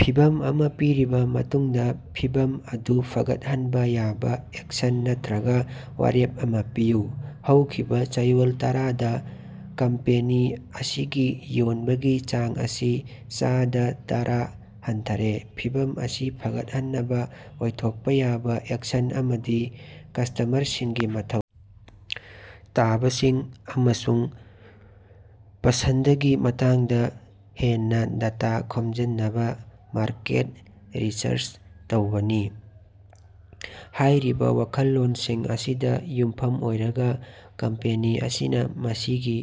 ꯐꯤꯚꯝ ꯑꯃ ꯄꯤꯔꯕꯥ ꯃꯇꯨꯡꯗ, ꯐꯤꯚꯝ ꯑꯗꯨ ꯐꯒꯠꯍꯟꯕꯥ ꯌꯥꯕ ꯑꯦꯛꯁꯟ ꯅꯠꯇꯔꯒ ꯋꯥꯔꯦꯞ ꯑꯃ ꯄꯤꯌꯨ꯫ ꯍꯧꯈꯤꯕ ꯆꯌꯣꯜ ꯇꯔꯥꯗ ꯀꯝꯄꯦꯅꯤ ꯑꯁꯤꯒꯤ ꯌꯣꯟꯕꯒꯤ ꯆꯥꯡ ꯑꯁꯤ ꯆꯥꯗ ꯇꯥꯔ ꯍꯟꯊꯔꯦ꯫ ꯐꯤꯚꯝ ꯑꯁꯤ ꯐꯒꯠꯍꯟꯅꯕꯥ ꯑꯣꯏꯊꯣꯛꯄ ꯌꯥꯕ ꯑꯦꯛꯁꯟ ꯑꯃꯗꯤ ꯀꯁ꯭ꯇꯃꯔꯁꯤꯡꯒꯤ ꯃꯊꯧ ꯇꯥꯕꯁꯤꯡ ꯑꯃꯁꯨꯡ ꯄꯁꯟꯗꯒꯤ ꯃꯇꯥꯡꯗ ꯍꯦꯟꯅꯥ ꯗꯇꯥ ꯈꯣꯝꯖꯤꯟꯅꯕꯥ ꯃꯥꯔꯀꯦꯠ ꯔꯤꯁꯔꯆ ꯇꯧꯕꯅꯤ꯫ ꯍꯥꯏꯔꯤꯕ ꯋꯥꯈꯜꯂꯣꯟꯁꯤꯡ ꯑꯁꯤꯗ ꯌꯨꯝꯐꯝ ꯑꯣꯏꯔꯒ ꯀꯝꯄꯦꯅꯤ ꯑꯁꯤꯅ ꯃꯁꯤꯒꯤ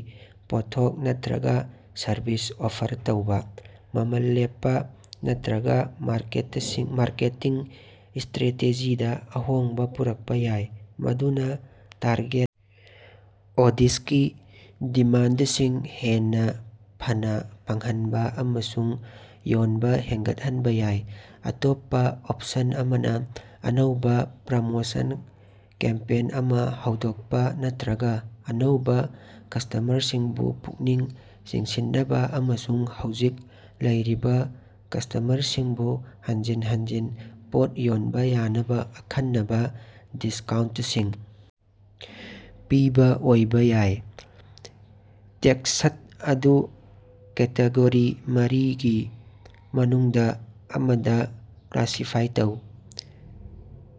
ꯄꯣꯠꯊꯣꯛ ꯅꯠꯇꯔꯒꯥ ꯁꯔꯕꯤꯁ ꯑꯣꯐꯔ ꯇꯧꯕ, ꯃꯃꯜ ꯂꯦꯞꯄꯥ ꯅꯠꯇꯔꯒ ꯃꯥꯔꯀꯦꯇꯤꯡ ꯁ꯭ꯇꯔꯦꯇꯦꯖꯤꯗ ꯑꯍꯣꯡꯕ ꯄꯨꯔꯛꯄꯥ ꯌꯥꯏ ꯃꯗꯨꯅꯥ ꯇꯥꯔꯒꯦꯠ ꯑꯣꯗꯤꯁꯒꯤ ꯗꯤꯃꯥꯟꯗꯁꯤꯡ ꯍꯦꯟꯅꯥ ꯐꯅꯥ ꯐꯪꯍꯟꯕ ꯑꯃꯁꯨꯡ ꯌꯣꯟꯕꯥ ꯍꯦꯒꯠꯍꯟꯕ ꯌꯥꯏ꯫ ꯑꯇꯣꯞꯄꯥ ꯑꯣꯞꯁꯟ ꯑꯃꯅ ꯑꯅꯧꯕꯥ ꯄ꯭ꯔꯃꯣꯁꯟ ꯀꯦꯝꯄꯦꯟ ꯑꯃ ꯍꯧꯗꯣꯛꯄꯥ ꯅꯠꯇꯔꯒ ꯑꯅꯧꯕ ꯀꯁ꯭ꯇꯃꯔꯁꯤꯡꯕꯨ ꯄꯨꯛꯅꯤꯡ ꯆꯤꯡꯁꯤꯟꯅꯕ ꯑꯃꯁꯨꯡ ꯍꯧꯖꯤꯛ ꯂꯩꯔꯤꯕ ꯀꯁ꯭ꯇꯃꯔꯁꯤꯡꯕꯨ ꯍꯟꯖꯤꯟ ꯍꯟꯖꯤꯟ ꯄꯣꯠ ꯌꯣꯟꯕꯥ ꯌꯥꯅꯕꯥ ꯑꯈꯟꯅꯕꯥ ꯗꯤꯁꯀꯥꯎꯟꯇꯁꯤꯡ ꯄꯤꯕꯥ ꯑꯣꯏꯕꯥ ꯌꯥꯏ꯫ ꯇꯦꯛꯁꯠ ꯑꯗꯨ ꯀꯦꯇꯦꯒꯣꯔꯤ ꯃꯔꯤ ꯒꯤ ꯃꯅꯨꯡꯗꯥ ꯑꯃꯗ ꯀ꯭ꯂꯥꯁꯤꯐꯥꯏ ꯇꯧ: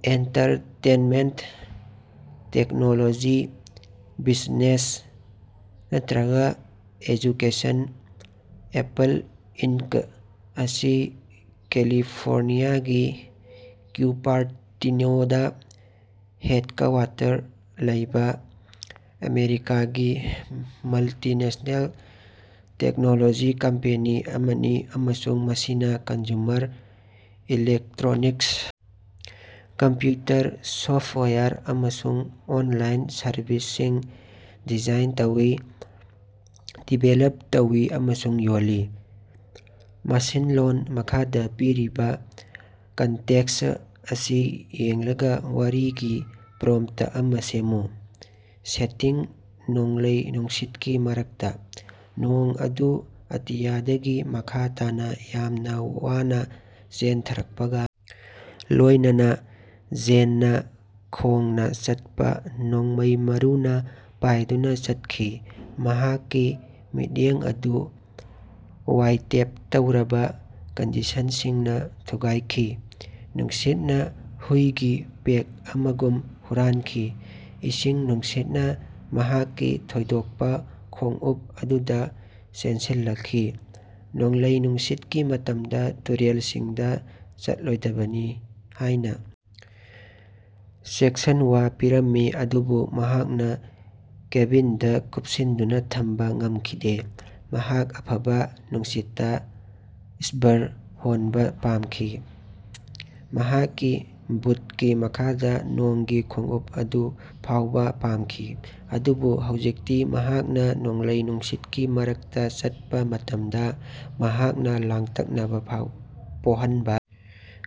ꯑꯦꯟꯇꯔꯇꯦꯟꯃꯦꯟꯇ, ꯇꯦꯛꯅꯣꯂꯣꯖꯤ, ꯕꯤꯖꯅꯦꯁ, ꯅꯠꯇꯔꯒ ꯑꯦꯖꯨꯀꯦꯁꯟ꯫ ꯑꯦꯄꯜ ꯏꯟꯀ ꯑꯁꯤ ꯀꯦꯂꯤꯐꯣꯔꯅꯤꯌꯥꯒꯤ ꯀ꯭ꯌꯨꯄꯥꯔꯇꯤꯅꯣꯗꯥ ꯍꯦꯠꯀꯋꯥꯇꯔ ꯂꯩꯕ ꯑꯃꯦꯔꯤꯀꯥꯒꯤ ꯃꯜꯇꯤꯅꯦꯁ꯭ꯅꯦꯜ ꯇꯦꯛꯅꯣꯂꯣꯖꯤ ꯀꯝꯄꯦꯅꯤ ꯑꯃꯅꯤ ꯑꯃꯁꯨꯡ ꯃꯁꯤꯅ ꯀꯟꯖꯨꯃꯔ ꯏꯂꯦꯛꯇꯔꯣꯅꯤꯛꯁ, ꯀꯝꯄꯌꯨꯇꯔ ꯁꯣꯐꯋꯦꯌꯔ ꯑꯃꯁꯨꯡ ꯑꯣꯟꯂꯥꯏꯟ ꯁꯔꯚꯤꯁꯁꯤꯡ ꯗꯤꯖꯥꯏꯟ ꯇꯧꯏ, ꯗꯤꯕꯦꯂꯞ ꯇꯧꯏ ꯑꯃꯁꯨꯡ ꯌꯣꯜꯂꯤ꯫ ꯃꯁꯤꯟꯂꯣꯟ ꯃꯈꯥꯗ ꯄꯤꯔꯤꯕ ꯀꯟꯇꯦꯛꯁ ꯑꯁꯤ ꯌꯦꯡꯂꯒ ꯋꯥꯔꯤ ꯒꯤ ꯄ꯭ꯔꯣꯝꯇ ꯑꯃ ꯁꯦꯝꯃꯨ꯫ ꯁꯦꯇꯤꯡ ꯅꯣꯡꯂꯩ-ꯅꯨꯡꯁꯤꯠꯀꯤ ꯃꯔꯛꯇ꯫ ꯅꯣꯡ ꯑꯗꯨ ꯑꯇꯤꯌꯥꯗꯒꯤ ꯃꯈꯥ ꯇꯥꯅ ꯌꯥꯝꯅ ꯋꯥꯅ ꯆꯦꯟꯊꯔꯛꯄꯒ ꯂꯣꯏꯅꯅꯥ ꯖꯦꯟꯅꯥ ꯈꯣꯡꯅꯥ ꯆꯠꯄꯥ ꯅꯣꯡꯃꯩ ꯃꯔꯨꯅꯥ ꯄꯥꯏꯗꯨꯅ ꯆꯠꯈꯤ, ꯃꯍꯥꯛꯀꯤ ꯃꯤꯠꯌꯦꯡ ꯑꯗꯨ ꯋꯥꯏꯇꯦꯞ ꯇꯧꯔꯕꯥ ꯀꯟꯗꯤꯁꯟꯁꯤꯡꯅ ꯊꯨꯒꯥꯏꯈꯤ꯫ ꯅꯨꯡꯁꯤꯠꯅ ꯍꯨꯏꯒꯤ ꯄꯦꯛ ꯑꯃꯒꯨꯝ ꯍꯨꯔꯥꯟꯈꯤ, ꯏꯁꯤꯡ ꯅꯨꯡꯁꯤꯠꯅ ꯃꯍꯥꯛꯀꯤ ꯊꯣꯏꯗꯣꯛꯄꯥ ꯈꯣꯡꯎꯞ ꯑꯗꯨꯗ ꯆꯦꯟꯁꯤꯜꯂꯛꯈꯤ꯫ ꯅꯣꯡꯂꯩ ꯅꯨꯡꯁꯤꯠꯀꯤ ꯃꯇꯝꯗ ꯇꯨꯔꯦꯜꯁꯤꯡꯗ ꯆꯠꯂꯣꯏꯗꯕꯅꯤ ꯍꯥꯏꯅ ꯆꯦꯛꯁꯤꯟꯋꯥ ꯄꯤꯔꯝꯃꯤ ꯑꯗꯨꯕꯨ ꯃꯍꯥꯛ ꯀꯦꯕꯤꯟꯗ ꯀꯨꯞꯁꯤꯟꯗꯨꯅ ꯊꯝꯕꯥ ꯉꯝꯈꯤꯗꯦ꯫ ꯃꯍꯥꯛ ꯑꯐꯕꯥ ꯅꯨꯡꯁꯤꯠꯇꯥ ꯁ꯭ꯕꯔ ꯍꯣꯟꯕꯥ ꯄꯥꯝꯈꯤ, ꯃꯍꯥꯛꯀꯤ ꯕꯨꯠꯀꯤ ꯃꯈꯥꯗ ꯅꯣꯡꯒꯤ ꯈꯣꯡꯎꯞ ꯑꯗꯨ ꯐꯥꯎꯕꯥ ꯄꯥꯝꯈꯤ꯫ ꯑꯗꯨꯕꯨ ꯍꯧꯖꯤꯛꯇꯤ ꯃꯍꯥꯛꯅ ꯅꯣꯡꯂꯩ ꯅꯨꯡꯁꯤꯠꯀꯤ ꯃꯔꯛꯇꯥ ꯆꯠꯄꯥ ꯃꯇꯝꯗꯥ, ꯃꯍꯥꯛꯅ ꯂꯥꯡꯇꯛꯅꯕꯥ ꯄꯣꯍꯟꯕꯥ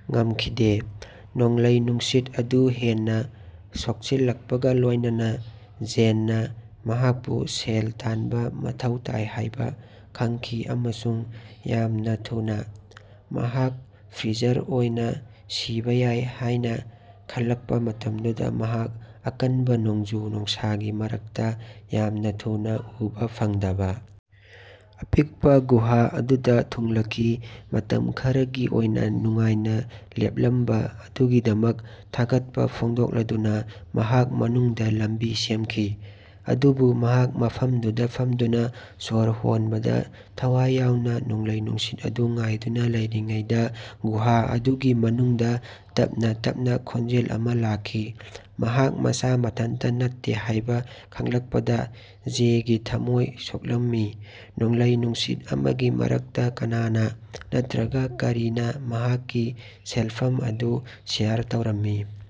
ꯉꯝꯈꯤꯗꯦ꯫ ꯅꯣꯡꯂꯩ-ꯅꯨꯡꯁꯤꯠ ꯑꯗꯨ ꯍꯦꯟꯅꯥ ꯁꯣꯛꯆꯤꯜꯂꯛꯄꯒꯥ ꯂꯣꯏꯅꯅꯥ, ꯖꯦꯟꯅꯥ ꯃꯍꯥꯛꯄꯨ ꯁꯦꯜ ꯇꯥꯟꯕꯥ ꯃꯊꯧ ꯇꯥꯏ ꯍꯥꯏꯕꯥ ꯈꯪꯈꯤ ꯑꯃꯁꯨꯡ ꯌꯥꯝꯅꯥ ꯊꯨꯅꯥ꯫ ꯃꯍꯥꯛ ꯐ꯭ꯔꯤꯖꯔ ꯑꯣꯏꯅ ꯁꯤꯕꯥ ꯌꯥꯏ ꯍꯥꯏꯅꯥ ꯈꯜꯂꯛꯄꯥ ꯃꯇꯝꯗꯨꯗꯥ ꯃꯍꯥꯛ ꯑꯀꯟꯕꯥ ꯅꯣꯡꯖꯨ-ꯅꯨꯡꯁꯥꯒꯤ ꯃꯔꯛꯇꯥ ꯌꯥꯝꯅꯥ ꯊꯨꯅꯥ ꯎꯕꯥ ꯐꯪꯗꯕꯥ ꯑꯄꯤꯛꯄꯥ ꯒꯨꯍꯥ ꯑꯃꯗ ꯊꯨꯡꯂꯈꯤ꯫ ꯃꯇꯝ ꯈꯔꯒꯤ ꯑꯣꯏꯅꯥ ꯅꯨꯡꯉꯥꯏꯅꯥ ꯂꯦꯞꯂꯝꯕꯥ ꯑꯗꯨꯒꯤꯗꯃꯛ ꯊꯥꯒꯠꯄꯥ ꯐꯣꯡꯗꯣꯛꯂꯗꯨꯅꯥ ꯃꯍꯥꯛ ꯃꯅꯨꯡꯗꯥ ꯂꯝꯕꯤ ꯁꯦꯝꯈꯤ꯫ ꯑꯗꯨꯕꯨ ꯃꯍꯥꯛ ꯃꯐꯝꯗꯨꯗꯥ ꯐꯝꯗꯨꯅꯥ ꯁꯣꯔ ꯍꯣꯟꯕꯗꯥ ꯊꯋꯥꯏ ꯌꯥꯎꯅꯥ ꯅꯣꯡꯂꯩ ꯅꯨꯡꯁꯤꯠ ꯑꯗꯨ ꯉꯥꯏꯗꯨꯅꯥ ꯂꯩꯔꯤꯉꯩꯗ ꯒꯨꯍꯥ ꯑꯗꯨꯒꯤ ꯃꯅꯨꯡꯗꯥ ꯇꯞꯅꯥ ꯇꯞꯅꯥ ꯈꯣꯟꯖꯦꯜ ꯑꯃ ꯂꯥꯛꯈꯤ꯫ ꯃꯍꯥꯛ ꯃꯁꯥ ꯃꯊꯟꯇꯥ ꯅꯠꯇꯦ ꯍꯥꯏꯕꯥ ꯈꯪꯂꯛꯄꯗꯥ ꯖꯦꯒꯤ ꯊꯝꯃꯣꯏ ꯁꯣꯛꯂꯝꯃꯤ꯫ ꯅꯣꯡꯂꯩ ꯅꯨꯡꯁꯤꯠ ꯑꯃꯒꯤ ꯃꯔꯛꯇꯥ ꯀꯅꯅꯥ, ꯅꯠꯇꯔꯒꯥ ꯀꯔꯤꯅꯥ ꯃꯍꯥꯛꯀꯤ ꯁꯦꯜꯐꯝ ꯑꯗꯨ ꯁꯦꯌꯔ ꯇꯧꯔꯝꯃꯤ?